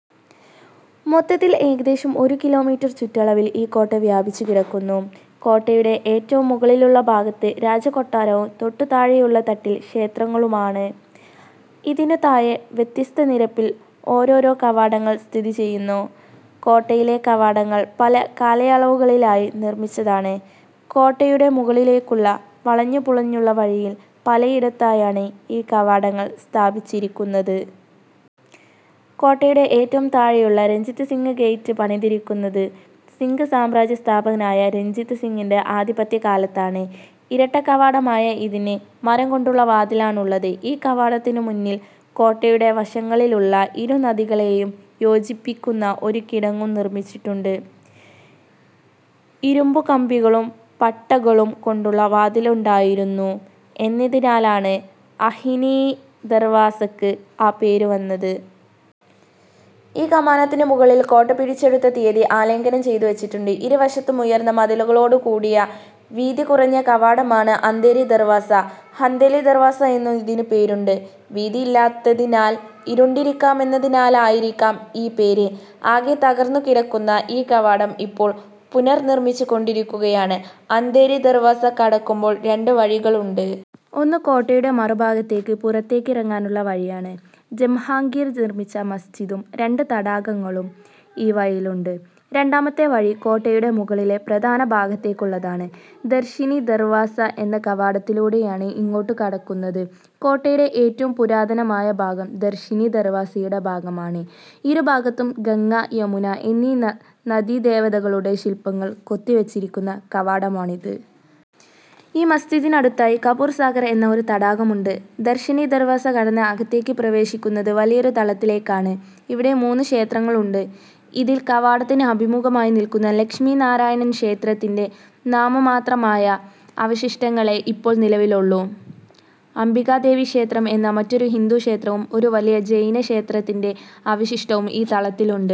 മൊത്തത്തിൽ ഏകദേശം ഒരു കിലോമീറ്റർ ചുറ്റളവിൽ ഈ കോട്ട വ്യാപിച്ചുകിടക്കുന്നു. കോട്ടയുടെ ഏറ്റവും മുകളിലുള്ള ഭാഗത്ത് രാജകൊട്ടാരവും, തൊട്ടു താഴെയുള്ള തട്ടിൽ ക്ഷേത്രങ്ങളുമാണ്. ഇതിനു താഴെ വ്യത്യസ്ത നിരപ്പിൽ ഓരോരോ കവാടങ്ങൾ സ്ഥിതി ചെയ്യുന്നു. കോട്ടയിലെ കവാടങ്ങൾ പല കാലയളവുകളിലായി നിർമ്മിച്ചതാണ്. കോട്ടയുടെ മുകളിലേക്കുള്ള വളഞ്ഞുപുളഞ്ഞുള്ള വഴിയിൽ പലയിടത്തായാണ് ഈ കവാടങ്ങൾ സ്ഥാപിച്ചിരിക്കുന്നത്. കോട്ടയുടെ ഏറ്റവും താഴെയുള്ള രഞ്ജിത് സിങ് ഗേറ്റ്' പണിതിരിക്കുന്നത് സിഖ് സാമ്രാജ്യസ്ഥാപകനായ രഞ്ജിത് സിങ്ങിന്റെ ആധിപത്യകാലത്താണ്. ഇരട്ടക്കവാടമായ ഇതിന് മരംകൊണ്ടുള്ള വാതിലാണുള്ളത്. ഈ കവാടത്തിനു മുന്നിൽ കോട്ടയുടെ വശങ്ങളിലുള്ള ഇരുനദികളെയും യോജിപ്പിക്കുന്ന ഒരു കിടങ്ങും നിർമ്മിച്ചിട്ടുണ്ട്. ഇരുമ്പുകമ്പികളും പട്ടകളും കൊണ്ടുള്ള വാതിലുണ്ടായിരുന്നു എന്നതിനാലാണ് അഹീനി ദർവാസക്ക് ആ പേരുവന്നത്. ഈ കമാനത്തിനു മുകളിൽ കോട്ട പിടിച്ചെടുത്ത തിയതി ആലേഖനം ചെയ്തുവച്ചിട്ടുണ്ട്. ഇരുവശത്തും ഉയർന്ന മതിലുകളോടുകൂടിയ വീതികുറഞ്ഞ കവാടമാണ് അന്ധേരി ദർവാസ. ഹന്ദേലി ദർവാസ എന്നും ഇതിനുപേരുണ്ട്. വീതിയില്ലാത്തതിനാൽ ഇരുണ്ടിരിക്കാമെന്നതിനാലായിരിക്കാം ഈ പേര്. ആകെ തകർന്നുകിടക്കുന്ന ഈ കവാടം ഇപ്പോൾ പുനർനിർമ്മിച്ചുകൊണ്ടിരിക്കുകയാണ്. അന്ധേരി ദർവാസ കടക്കുമ്പോൾ രണ്ട് വഴികളുണ്ട്. ഒന്ന് കോട്ടയുടെ മറുഭാഗത്തേക്ക് പുറത്തേക്കിറങ്ങാനുള്ള വഴിയാണ്. ജഹാംഗീർ നിർമ്മിച്ച മസ്ജിദും, രണ്ടു തടാകങ്ങളും ഈ വഴിയിലുണ്ട്. രണ്ടാമത്തെ വഴി കോട്ടയുടെ മുകളിലെ പ്രധാനഭാഗത്തേക്കുള്ളതാണ്. ദർശനി ദർവാസ എന്ന കവാടത്തിലൂടെയാണ് ഇങ്ങോട്ടുകടക്കുന്നത്. കോട്ടയുടെ ഏറ്റവും പുരാതനമായ ഭാഗം ദർശനി ദർവാസയുടെ ഭാഗമാണ്. ഇരുഭാഗത്തും ഗംഗ, യമുന എന്നീ നദീദേവതകളുടെ ശില്പങ്ങൾ കൊത്തിവച്ചിരിക്കുന്ന കവാടമാണിത്. ഈ മസിജിദിനടുത്തായി കപൂർ സാഗർ എന്ന ഒരു തടാകവുമുണ്ട്. ദർശനി ദർവാസ കടന്ന് അകത്തേക്ക് പ്രവേശിക്കുന്നത് വലിയൊരു തളത്തിലേക്കാണ് ഇവിടെ മൂന്നു ക്ഷേത്രങ്ങളുണ്ട്. ഇതിൽ കവാടത്തിന് അഭിമുഖമായി നിൽക്കുന്ന ലക്ഷ്മീ നാരായൺ ക്ഷേത്രത്തിന്റെ നാമമാത്രമായ അവശിഷ്ടങ്ങളേ ഇപ്പോൾ നിലവിലുള്ളൂ. അംബികാദേവി ക്ഷേത്രം എന്ന മറ്റൊരു ഹിന്ദു ക്ഷേത്രവും, ഒരു വലിയ ജൈനക്ഷേത്രത്തിന്റെ അവശിഷ്ടവും ഈ തളത്തിലുണ്ട്.